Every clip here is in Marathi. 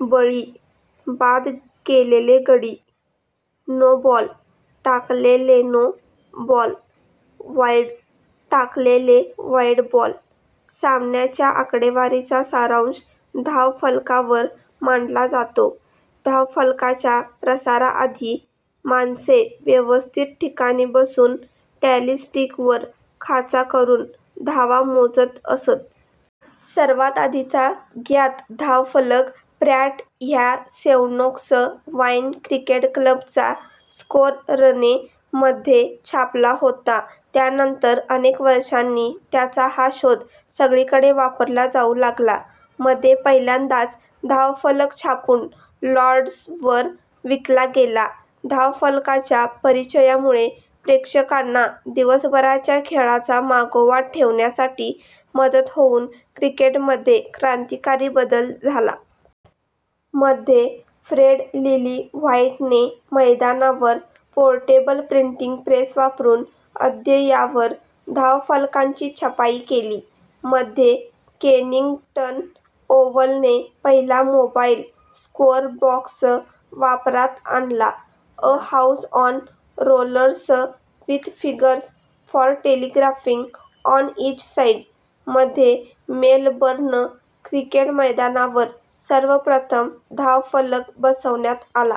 बळी: बाद केलेले गडी. नो बॉल: टाकलेलेनो बॉल. वाईड: टाकलेले वाईड बॉल. सामन्याच्या आकडेवारीचा सारांश धावफलकावर मांडला जातो. धावफलकाच्या प्रसाराआधी, माणसे व्यवस्थित ठिकाणी बसून टॅली स्टीक वर खाचा करून धावा मोजत असत. सर्वात आधीचा ज्ञात धावफलक प्रॅट ह्या सेव्हनोक्स वाईन क्रिकेट क्लबचा स्कोररने मध्ये छापला होता. त्यानंतर अनेक वर्षांनी त्याचा हा शोध सगळीकडे वापरला जाऊ लागला. मध्ये पहिल्यांदाच धावफलक छापून लॉर्ड्सवर विकला गेला.। धावफलकाच्या परिचयामुळे प्रेक्षकांना दिवसभराच्या खेळाचा मागोवा ठेवण्यासाठी मदत होऊन क्रिकेटमध्ये क्रांतिकारी बदल झाला. मध्ये, फ्रेड लिली व्हाईटने मैदानावर पोर्टेबल प्रिंटिंग प्रेस वापरून अद्ययावर धावफलकांची छपाई केली. मध्ये, केनिंग्टन ओव्हलने पहिला मोबाईल स्कोअरबॉक्स वापरात आणला, "a house on rollers with figures for telegraphing on each side". मध्ये, मेलबर्न क्रिकेट मैदानावर सर्वप्रथम धावफलक बसवण्यात आला.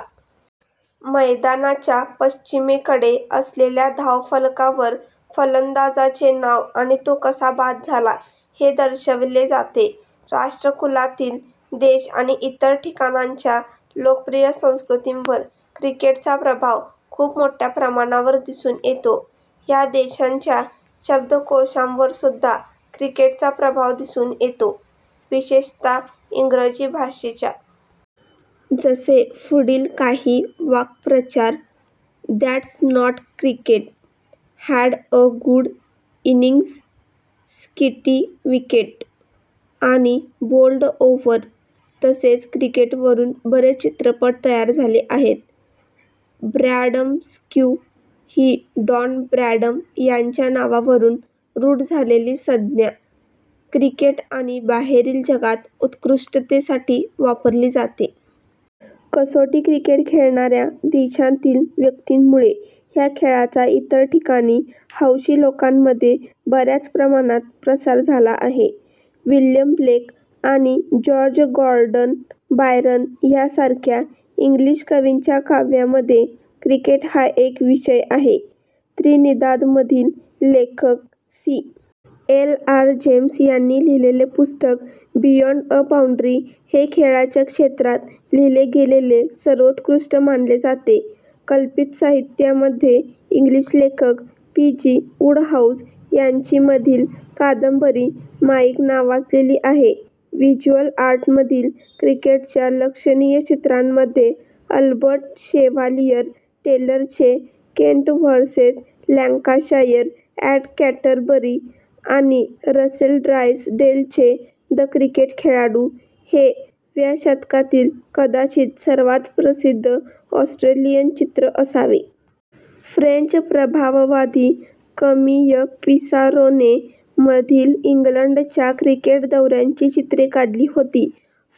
मैदानाच्या पश्चिमेकडे असलेल्या धावफलकावर फलंदाजाचे नाव आणि तो कसा बाद झाला हे दर्शवले जाते. राष्ट्रकुलातील देश आणि इतर ठिकाणींच्या लोकप्रिय संस्कृतींवर क्रिकेटचा प्रभाव खूप मोठ्या प्रमाणावर दिसून येतो. ह्या देशांच्या शब्दकोशांवरसुद्धा क्रिकेटचा प्रभाव दिसून येतो, विशेषतः इंग्रजी भाषेच्या. जसे पुढील काही वाक्प्रचार "that's not cricket", "had a good innings", "sticky wicket", आणि "बोल्ड ओव्हर". तसेच क्रिकेटवरून बरेच चित्रपट तयार झाले आहेत. "ब्रॅडमन्स्क्यू" ही डॉन ब्रॅडमन यांच्या नावावरून रूढ झालेली संज्ञा, क्रिकेट आणि बाहेरील जगात उत्कृष्टतेसाठी वापरली जाते. कसोटी क्रिकेट खेळणाऱ्या देशांतील व्यक्तींमुळे ह्या खेळाचा इतर ठिकाणी हौशी लोकांमध्ये बऱ्याच प्रमाणात प्रसार झाला आहे. विल्यम ब्लेक आणि जॉर्ज गॉर्डन बायरन ह्यासारख्या इंग्लिश कवींच्या काव्यामध्ये क्रिकेट हा एक विषय आहे. त्रिनिदादमधील लेखक सी. एल्. आर. जेम्स यांनी लिहिलेले पुस्तक बियॉंड अ बाऊंड्री, हे खेळाच्या क्षेत्रात लिहीले गेलेले सर्वोत्कृष्ट मानले जाते. कल्पित साहित्यामध्ये इंग्लिश लेखक पी. जी. वुडहाऊस यांची मधील कादंबरी, माईक नावाजलेली आहे. व्हिज्युअल आर्टमधील, क्रिकेटच्या लक्षणीय चित्रांमध्ये अल्बर्ट शेव्हालियर टेलरचे Kent versus Lancashire at Canterbury आणि रसेल ड्रायसडेलचे द क्रिकेट खेळाडू, हे " व्या शतकातील कदाचित सर्वात प्रसिद्ध ऑस्ट्रेलियन चित्र असावे. " फ्रेंच प्रभाववादी कामीय पिसारोने मधील इंग्लंडच्या क्रिकेट दौऱ्यांची चित्रे काढली होती.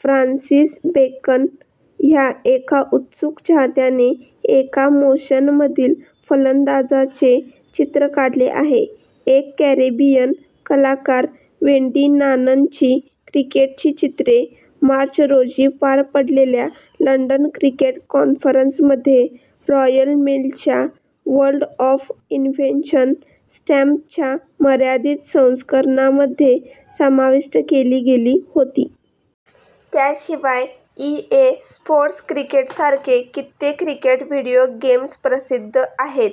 फ्रान्सिस बेकन, ह्या एका उत्सुक चाहत्याने एका मोशनमधील फलंदाजाचे चित्र काढले आहे. एक कॅरेबियन कलाकार वेंडी नाननची क्रिकेटची चित्रे - मार्च रोजी पार पडलेल्या लंडन क्रिकेट कॉन्फरन्समध्ये रॉयल मेलच्या "वर्ल्ड ऑफ इन्व्हेन्शन" स्टॅम्पच्या मर्यादित संस्करणामध्ये समाविष्ट केली गेली होती. त्याशिवाय ई, ए, स्पोर्ट्स क्रिकेट सारखे कित्येक क्रिकेट व्हीडिओ गेम्स प्रसिद्ध आहेत.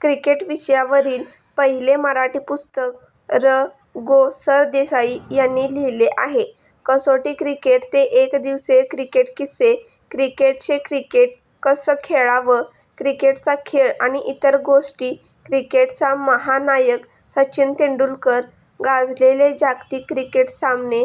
क्रिकेट विषयावरील पहिले मराठी पुस्तक र. गो. सरदेसाई यांनी लिहिले आहे. कसोटी क्रिकेट ते एकदिवसीय क्रिकेट किस्से क्रिकेटचे क्रिकेट कसं खेळावं क्रिकेटचा खेळ आणि इतर गोष्टी क्रिकेटचा महानायक सचिन तेंडुलकर गाजलेले जागतिक क्रिकेट सामने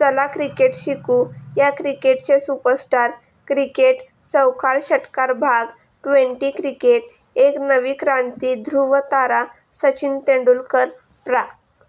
चला, क्रिकेट शिकू या क्रिकेटचे सुपरस्टार क्रिकेट चौकार षटकार भाग, ट्वेंटी क्रिकेट एक नवी क्रांती ध्रुवतारा सचिन तेंडूलकर प्रा.